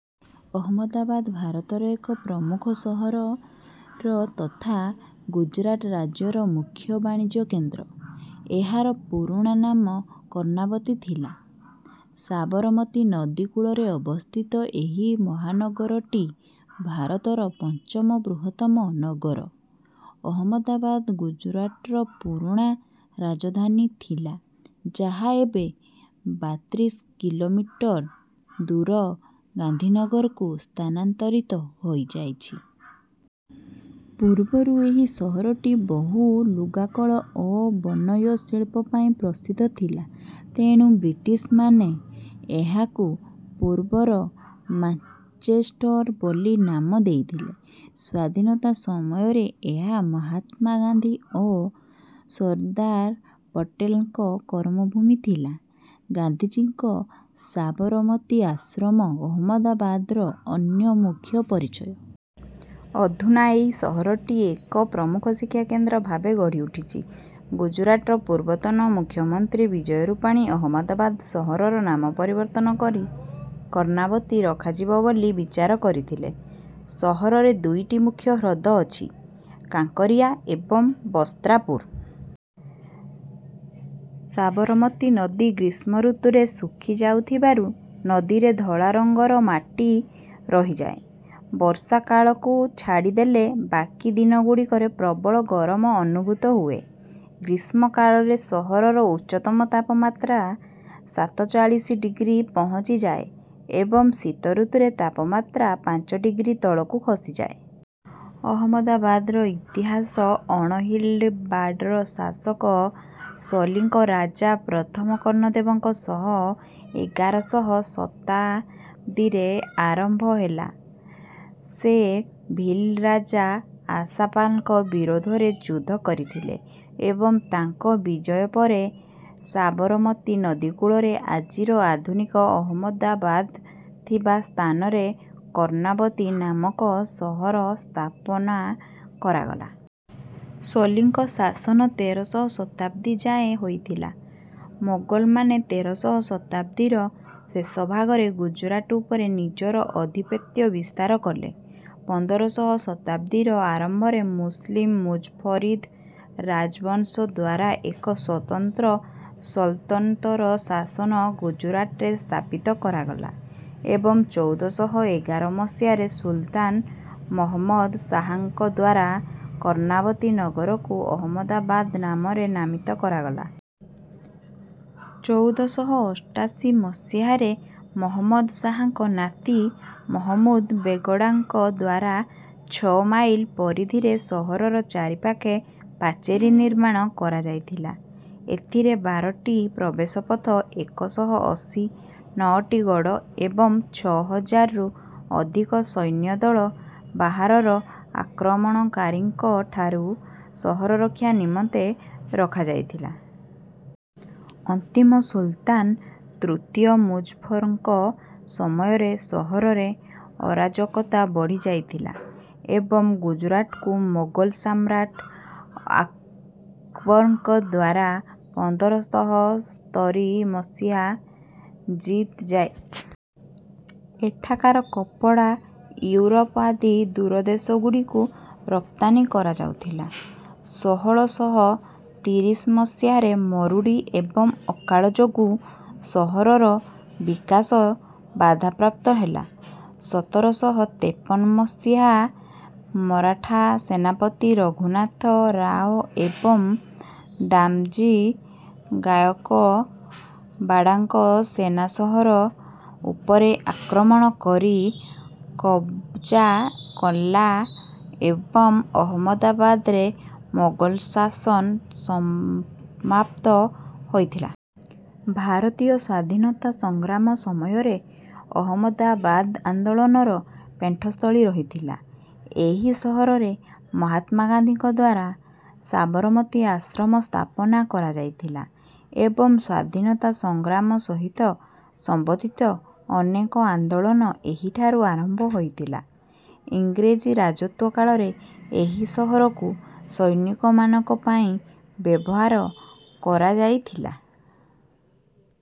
ଅହମଦାବାଦ ଭାରତର ଏକ ପ୍ରମୁଖ ସହର ତଥା ଗୁଜରାଟ ରାଜ୍ୟର ମୁଖ୍ୟ ବାଣିଜ୍ୟ କେନ୍ଦ୍ର। ଏହାର ପୁରୁଣା ନାମ କର୍ଣ୍ଣାବତୀ ଥିଲା। ସାବରମତୀ ନଦୀ କୂଳରେ ଅବସ୍ଥିତ ଏହି ମହାନଗରଟି ଭାରତର ପଞ୍ଚମ ବୃହତ୍ତମ ନଗର। ଅହମଦାବାଦ ଗୁଜରାଟର ପୁରୁଣା ରାଜଧାନୀ ଥିଲା ଯାହା ଏବେ ବାତ୍ରିଶ କିଲୋମିଟର ଦୂର ଗାନ୍ଧୀନଗରକୁ ସ୍ଥାନାନ୍ତରିତ ହୋଇଯାଇଛି। ପୂର୍ବରୁ ଏହି ସହରଟି ବହୁ ଲୁଗାକଳ ଓ ବୟନଶିଳ୍ପ ପାଇଁ ପ୍ରସିଦ୍ଧ ଥିଲା ତେଣୁ ବ୍ରିଟିଶମାନେ ଏହାକୁ ପୂର୍ବର ମାଞ୍ଚେଷ୍ଟର ବୋଲି ନାମ ଦେଇଥିଲେ। ସ୍ୱାଧୀନତା ସମୟରେ ଏହା ମହାତ୍ମା ଗାନ୍ଧୀ ଓ ସରଦାର ପଟେଲଙ୍କ କର୍ମଭୂମି ଥିଲା। ଗାନ୍ଧୀଜୀଙ୍କ ସାବରମତୀ ଆଶ୍ରମ ଅହମଦାବାଦର ଅନ୍ୟ ମୁଖ୍ୟ ପରିଚୟ। ଅଧୁନା ଏହି ସହରଟି ଏକ ପ୍ରମୁଖ ଶିକ୍ଷା କେନ୍ଦ୍ର ଭାବେ ଗଢ଼ି ଉଠିଛି। ଗୁଜରାଟର ପୂର୍ବତନ ମୁଖ୍ୟମନ୍ତ୍ରୀ ବିଜୟ ରୂପାଣୀ ଅହମ୍ମଦାବାଦ ସହରର ନାମ ପରିବର୍ତ୍ତନ କରି କର୍ଣ୍ଣାବତୀ ରଖାଯିବ ବୋଲି ବିଚାର କରୁଥିଲେ। ସହରରେ ଦୁଇଟି ମୁଖ୍ୟ ହ୍ରଦ ଅଛି କାଙ୍କରିଆ ଏବଂ ବସ୍ତ୍ରାପୁର। ସାବରମତୀ ନଦୀ ଗ୍ରୀଷ୍ମ ଋତୁରେ ଶୁଖି ଯାଉଥିବାରୁ ନଦୀରେ ଧଳା ରଙ୍ଗର ମାଟି ରହିଯାଏ। ବର୍ଷା କାଳକୁ ଛାଡ଼ିଦେଲେ ବାକି ଦିନଗୁଡ଼ିକରେ ପ୍ରବଳ ଗରମ ଅନୁଭୂତ ହୁଏ। ଗ୍ରୀଷ୍ମ କାଳରେ ସହରର ଉଚ୍ଚତମ ତାପମାତ୍ରା ସାତଚାଳିଶି ଡିଗ୍ରୀ ପହଞ୍ଚିଯାଏ ଏବଂ ଶୀତ ଋତୁରେ ତାପମାତ୍ରା ପାଞ୍ଚ ଡିଗ୍ରୀ ତଳକୁ ଖସିଯାଏ। ଅହମଦାବାଦର ଇତିହାସ ଅଣହିଲବାଡ଼ର ଶାସକ ସୋଲଙ୍କୀ ରାଜା ପ୍ରଥମ କର୍ଣ୍ଣଦେବଙ୍କ ସହ ଏଗାରଶହ ଶତାବ୍ଦୀରେ ଆରମ୍ଭ ହେଲା। ସେ ଭୀଲ ରାଜା ଆଶାପାଲଙ୍କ ବିରୁଦ୍ଧରେ ଯୁଦ୍ଧ କରିଥିଲେ ଏବଂ ତାଙ୍କ ବିଜୟ ପରେ ସାବରମତୀ ନଦୀ କୂଳରେ ଆଜିର ଆଧୁନିକ ଅହମଦାବାଦ ଥିବା ସ୍ଥାନରେ କର୍ଣ୍ଣାବତୀ ନାମକ ସହର ସ୍ଥାପନା କରାଗଲା। ସୋଲଙ୍କୀ ଶାସନ ତେରଶହ ଶତାବ୍ଦୀ ଯାଏଁ ହୋଇଥିଲା ମୋଗଲମାନେ ତେରଶହ ଶତାବ୍ଦୀର ଶେଷ ଭାଗରେ ଗୁଜରାଟ ଉପରେ ନିଜର ଆଧିପତ୍ୟ ବିସ୍ତାର କଲେ। ପନ୍ଦରଶହ ଶତାବ୍ଦୀର ଆରମ୍ଭରେ ମୁସଲିମ ମୁଜଫରିଦ ରାଜବଂଶ ଦ୍ୱାରା ଏକ ସ୍ୱତନ୍ତ୍ର ସଲତନତର ଶାସନ ଗୁଜରାଟରେ ସ୍ଥାପିତ କରାଗଲା ଏବଂ ଚଉଦ ଶହ ଏଗାର ମସିହାରେ ସୁଲତାନ ଅହମଦ ଶାହଙ୍କ ଦ୍ୱାରା କର୍ଣ୍ଣାବତୀ ନଗରକୁ ଅହମଦାବାଦ ନାମରେ ନାମିତ କରାଗଲା। ଚଉଦ ଶହ ଅଷ୍ଟାଶୀ ମସିହାରେ ଅହମଦ ଶାହଙ୍କ ନାତି ମହମୁଦ ବେଗଡ଼ାଙ୍କ ଦ୍ୱାରା ଛଅ ମାଇଲ ପରିଧିରେ ସହର ଚାରିପାଖେ ପାଚେରୀ ନିର୍ମାଣ କରାଯାଇଥିଲା। ଏଥିରେ ବାରଟି ପ୍ରବେଶ ପଥ ଏକ ଶହ ଅଶୀ ନଅଟି ଗଡ଼ ଏବଂ ଛଅ ହଜାରରୁ ଅଧିକ ସୈନ୍ୟଦଳ ବାହାରର ଆକ୍ରମଣକାରୀଙ୍କ ଠାରୁ ସହର ରକ୍ଷା ନିମନ୍ତେ ରଖାଯାଇଥିଲା। ଅନ୍ତିମ ସୁଲତାନ ତୃତୀୟ ମୁଜଫରଙ୍କ ସମୟରେ ସହରରେ ଅରାଜକତା ବଢ଼ି ଯାଇଥିଲା ଏବଂ ଗୁଜରାଟକୁ ମୋଗଲ ସମ୍ରାଟ ଅକବରଙ୍କ ଦ୍ୱାରା ପନ୍ଦର ଶହ ସ୍ତରୀ ମସିହାରେ ଜିତା ଯାଇଥିଲା। ମୋଗଲ ଶାସନ କାଳରେ ଅହମଦାବାଦ ବେପାର କେନ୍ଦ୍ର ରୂପେ ବିଶେଷ କରି ବସ୍ତ୍ର ଉଦ୍ୟୋଗର କେନ୍ଦ୍ର ହେଲା। ଏଠାକାର କପଡ଼ା ୟୁରୋପ ଆଦି ଦୂର ଦେଶଗୁଡ଼ିକୁ ରପ୍ତାନି କରାଯାଉଥିଲା। ଷୋହଳ ଶହ ତିରିଶ ମସିହାର ମରୁଡ଼ି ଏବଂ ଅକାଳ ଯୋଗୁଁ ସହରର ବିକାଶ ବାଧାପ୍ରାପ୍ତ ହେଲା। ସତର ଶହ ତେପନ ମସିହାରେ ମରାଠା ସେନାପତି ରଘୁନାଥ ରାଓ ଏବଂ ଦାମଜୀ ଗାୟକବାଡ଼ଙ୍କ ସେନା ସହର ଉପରେ ଆକ୍ରମଣ କରି କବଜା କଲା ଏବଂ ଅହମଦାବାଦରେ ମୋଗଲ ଶାସନ ସମାପ୍ତ ହୋଇଥିଲା। ଭାରତୀୟ ସ୍ୱାଧୀନତା ସଂଗ୍ରାମ ସମୟରେ ଅହମଦାବାଦ ଆନ୍ଦୋଳନର ପେଣ୍ଠସ୍ଥଳୀ ରହିଥିଲା। ଏହି ସହରରେ ମହାତ୍ମା ଗାନ୍ଧୀଙ୍କ ଦ୍ୱାରା ସାବରମତୀ ଆଶ୍ରମ ସ୍ଥାପନା କରାଯାଇଥିଲା ଏବଂ ସ୍ୱାଧୀନତା ସଂଗ୍ରାମ ସହିତ ସମ୍ବନ୍ଧିତ ଅନେକ ଆନ୍ଦୋଳନ ଏହିଠାରୁ ଆରମ୍ଭ ହୋଇଥିଲା। ଇଂରେଜ ରାଜତ୍ୱ କାଳରେ ଏହି ସହରକୁ ସୈନିକମାନଙ୍କ ପାଇଁ ବ୍ୟବହାର କରାଯାଇଥିଲା।